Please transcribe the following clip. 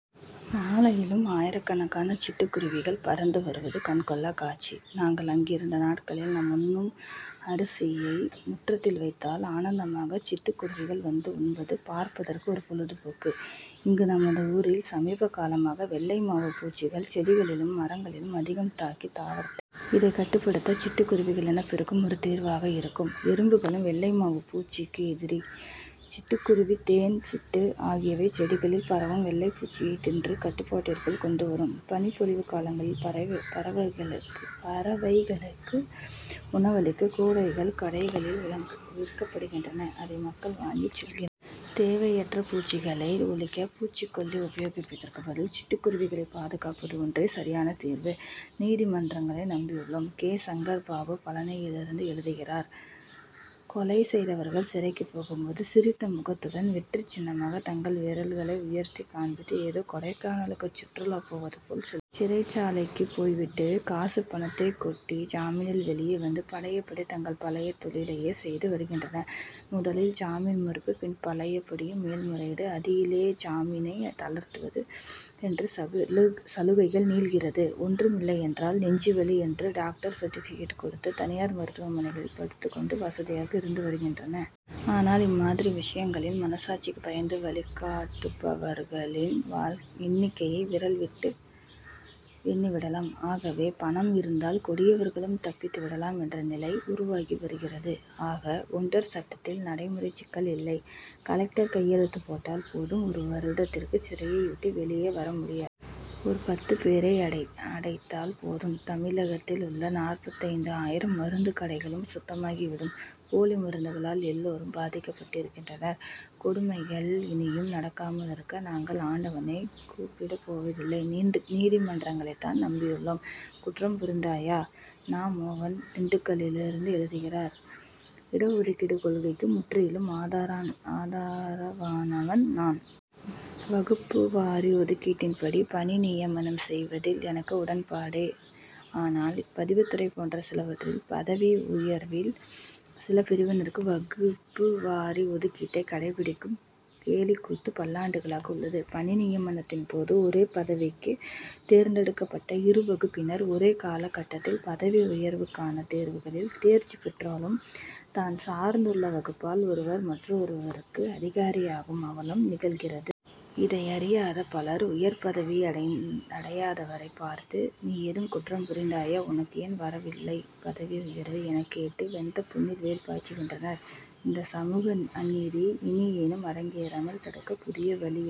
மாலையிலும் ஆயிரக்கணக்கில் சிட்டுக்குருவிகள் பறந்து வருவது கண் கொள்ளா காட்சி. நாங்கள் அங்கிருந்த நாட்களில் நாம் உண்ணும் அரிசியை முற்றத்தில் வைத்தால் ஆனந்தமாக சிட்டுக் குருவிகள் வந்து உண்பது பார்ப்பதற்கு ஒரு பொழுதுபோக்கு. இங்கு நமது ஊரில் சமீப காலமாக வெள்ளை மாவு பூச்சிகள் செடிகளிலும் மரங்களிலும் அதிகம் தாக்கி தாவரத்தை அழிக்கின்றன. இதை கட்டுப்படுத்த சிட்டுக்குருவிகள் இனப்பெருக்கம் ஒரு தீர்வாக இருக்கும். எறும்புகளும் வெள்ளை மாவு பூச்சிக்கு எதிரி. சிட்டுக்குருவி தேன் சிட்டு ஆகியவை செடிகளில் பரவும் வெள்ளை பூச்சியை தின்று கட்டுப்பாட்டிற்குள் கொண்டு வரும். பனிப்பொழிவு காலங்களில் பறவைகளுக்கு உணவளிக்க கூடைகள் கடைகளில் விற்கப்படுகின்றன. அதை மக்கள் வாங்கி செல்கின்றனர். தேவையற்ற பூச்சிகளை ஒழிக்க பூச்சிக்கொல்லி உபயோகிப்பதற்கு பதில் சிட்டுக் குருவிகளை பாதுகாப்பது ஒன்றே சரியான தீர்வு. நீதிமன்றங்களை நம்பியுள்ளோம்! கே. சங்கர்பாபு பழனியிலிருந்து எழுதுகிறார் கொலை செய்தவர்கள் சிறைக்கு போகும் போது, சிரித்த முகத்துடன் வெற்றிச் சின்னமாக தங்கள் விரல்களை உயர்த்தி காண்பித்து ஏதோ கொடைக்கானலுக்கு சுற்றுலா போவது போல் செல்கின்றனர். சிறைச்சாலைக்கு போய்விட்டு காசு பணத்தை கொட்டி ஜாமீனில் வெளியே வந்து பழைய படி தங்கள் பழைய தொழிலையே செய்து வருகின்றனர். முதலில் ஜாமீன் மறுப்பு பின் பழைய படியும் மேல்முறையீடு. அதிலே ஜாமீனை தளர்த்துவது என்று சலுகைகள் நீள்கிறது. ஒன்றுமில்லையென்றால் நெஞ்சுவலி என்று டாக்டர் சர்டிபிகேட் கொடுத்து தனியார் மருத்துவமனைகளில் படுத்துக் கொண்டு வசதியாக இருந்து வருகின்றனர். ஆனால் இம்மாதிரி விஷயங்களில் மன சாட்சிக்கு பயந்து வழக்காடுபவர்களின் எண்ணிக்கையை விரல் விட்டு எண்ணிவிடலாம். ஆகவே பணம் இருந்தால் கொடியவர்களும் தப்பித்து விடலாம் என்ற நிலை உருவாகி வருகிறது. ஆக குண்டர் சட்டத்தில் நடைமுறை சிக்கல் இல்லை. கலெக்டர் கையெழுத்து போட்டால் போதும் ஒரு வருடத்திற்கு சிறையை விட்டு வெளியே வர முடியாது. ஒரு பத்து பேரை அடைத்தால் போதும் தமிழகத்தில் உள்ள நாற்பத்தைந்து ஆயிரம் மருந்து கடைகளும் சுத்தமாகிவிடும். போலி மருந்துகளால் எல்லாரும் பாதிக்கப்பட்டிருக்கின்றனர். கொடுமைகள் இனியும் நடக்காமல் இருக்க நாங்கள் ஆண்டவனை கூப்பிடப் போவதில்லை. நீதிமன்றங்களை தான் நம்பியுள்ளோம். குற்றம்புரிந்தாயா? நா. மோகன் திண்டுக்கலிலிருந்து எழுதுகிறார் இடஒதுக்கீடுக் கொள்கைக்கு முற்றிலும் ஆதரவானவன் நான். வகுப்பு வாரி ஒதுக்கீட்டின் படி பணி நியமனம் செய்வதில் எனக்கு உடன்பாடே. ஆனால் பதிவுத்துறை போன்ற சிலவற்றில் பதவி உயர்வில் சில பிரிவினருக்கு வகுப்பு வாரி ஒதுக்கீட்டைக் கடைபிடிக்கும் கேலிக் கூத்து பல்லாண்டுகளாக உள்ளது. பணி நியமனத்தின் போது ஒரே பதவிக்குத் தேர்ந்தெடுக்கப்பட்ட இரு வகுப்பினர் ஒரே கால கட் டத்தில் பதவி உயர்வுக்கான தேர்வுகளில் தேர்ச்சி பெற்றாலும் தான் சார்ந்துள்ள வகுப்பால் ஒருவர் மற்றவருக்கு அதிகாரியாகும் அவலம் நிகழ்கிறது. இதை அறியாத பலர் உயர் பதவி அடையாதவரைப் பார்த்து நீ ஏதும் குற்றம் புரிந்தாயா? உனக்கு ஏன் வரவில்லை பதவி உயர்வு? எனக் கேட்டு வெந்த புண்ணில் வேல் பாய்ச்சுகின்றனர். இந்தச் சமூக அநீதி இனியேனும் அரங்கேறாமல் தடுக்க புதிய வழியு